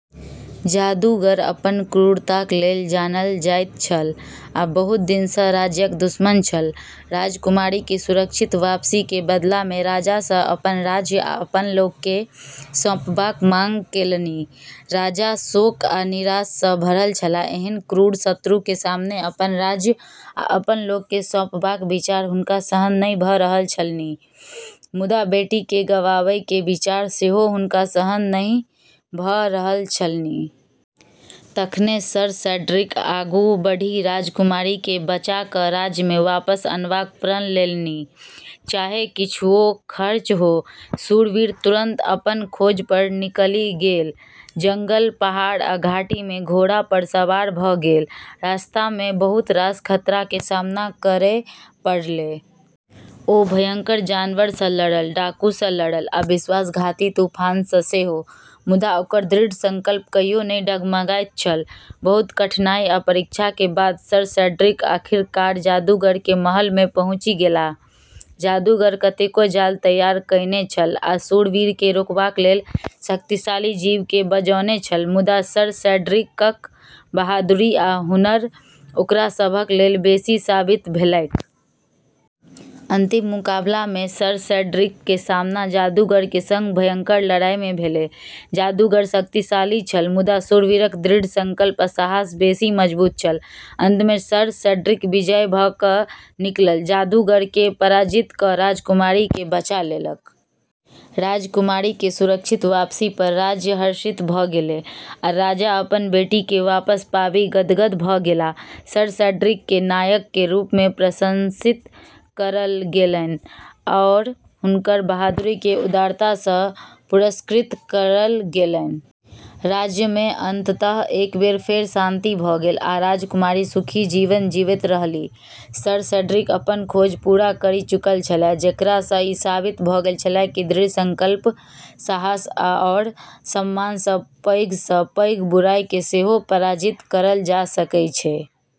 जादूगर अपन क्रूरताक लेल जानल जाइत छल आ बहुत दिनसँ राज्यक दुश्मन छल राजकुमारीके सुरक्षित वापसीके बदलामे राजासँ अपन राज्य आ अपन लोकके सौंपबाक मांग केलनि। राजा शोक आ निराशासँ भरल छलाह एहन क्रूर शत्रुके सामने अपन राज्य आ अपन लोकके सौंपबाक विचार हुनका सहन नहि भ' रहल छलनि, मुदा बेटीके गंवाबैके विचार सेहो हुनका सहन नहि भ' रहल छलनि। तखने सर सेड्रिक आगू बढ़ि राजकुमारीकेँ बचा क' राज्यमे वापस अनबाक प्रण लेलनि, चाहे किछुओ खर्च हो। शूरवीर तुरंत अपन खोज पर निकलि गेल, जंगल, पहाड़ आ घाटीमे घोड़ा पर सवार भ' गेल, रस्तामे बहुत रास खतराके सामना करै पड़लै। ओ भयंकर जानवरसँ लड़ल, डाकूसँ लड़ल आ विश्वासघाती तूफानसँ सेहो, मुदा ओकर दृढ़ संकल्प कहियो नहि डगमगाइत छल। बहुत कठिनाई आ परीक्षाके बाद सर सेड्रिक आखिरकार जादूगरके महलमे पहुँचि गेलाह। जादूगर कतेको जाल तैयार कएने छल आ शूरवीरकेँ रोकबाक लेल शक्तिशाली जीवकेँ बजौने छल, मुदा सर सेड्रिकक बहादुरी आ हुनर ओकरा सभक लेल बेशी साबित भेलैक। अंतिम मुकाबलामे सर सेड्रिकके सामना जादूगरके सङ्ग भयंकर लड़ाइमे भेलै। जादूगर शक्तिशाली छल, मुदा शूरवीरक दृढ़ संकल्प आ साहस बेशी मजबूत छल। अंतमे सर सेड्रिक विजयी भ' क' निकलल, जादूगरकेँ पराजित क' राजकुमारीकेँ बचा लेलक। राजकुमारीके सुरक्षित वापसी पर राज्य हर्षित भ' गेलै, आ राजा अपन बेटीके वापस पाबि गदगद भ' गेलाह । सर सेड्रिकके नायकके रूपमे प्रशंसित करल गेलनि आओर हुनकर बहादुरीके उदारता सँ पुरस्कृत करल गेलनि । राज्यमे अंततः एक बेर फेर शांति भ' गेल, आ राजकुमारी सुखी जीवन जीबैत रहलीह। सर सेड्रिक अपनऽ खोज पूरा करि चुकल छलै, जेकरासँ ई साबित भ' गेल छलै कि दृढ़ संकल्प, साहस आओर सम्मानसँ पैघसँ पैघ बुराइके सेहो पराजित करल जा सकै छै।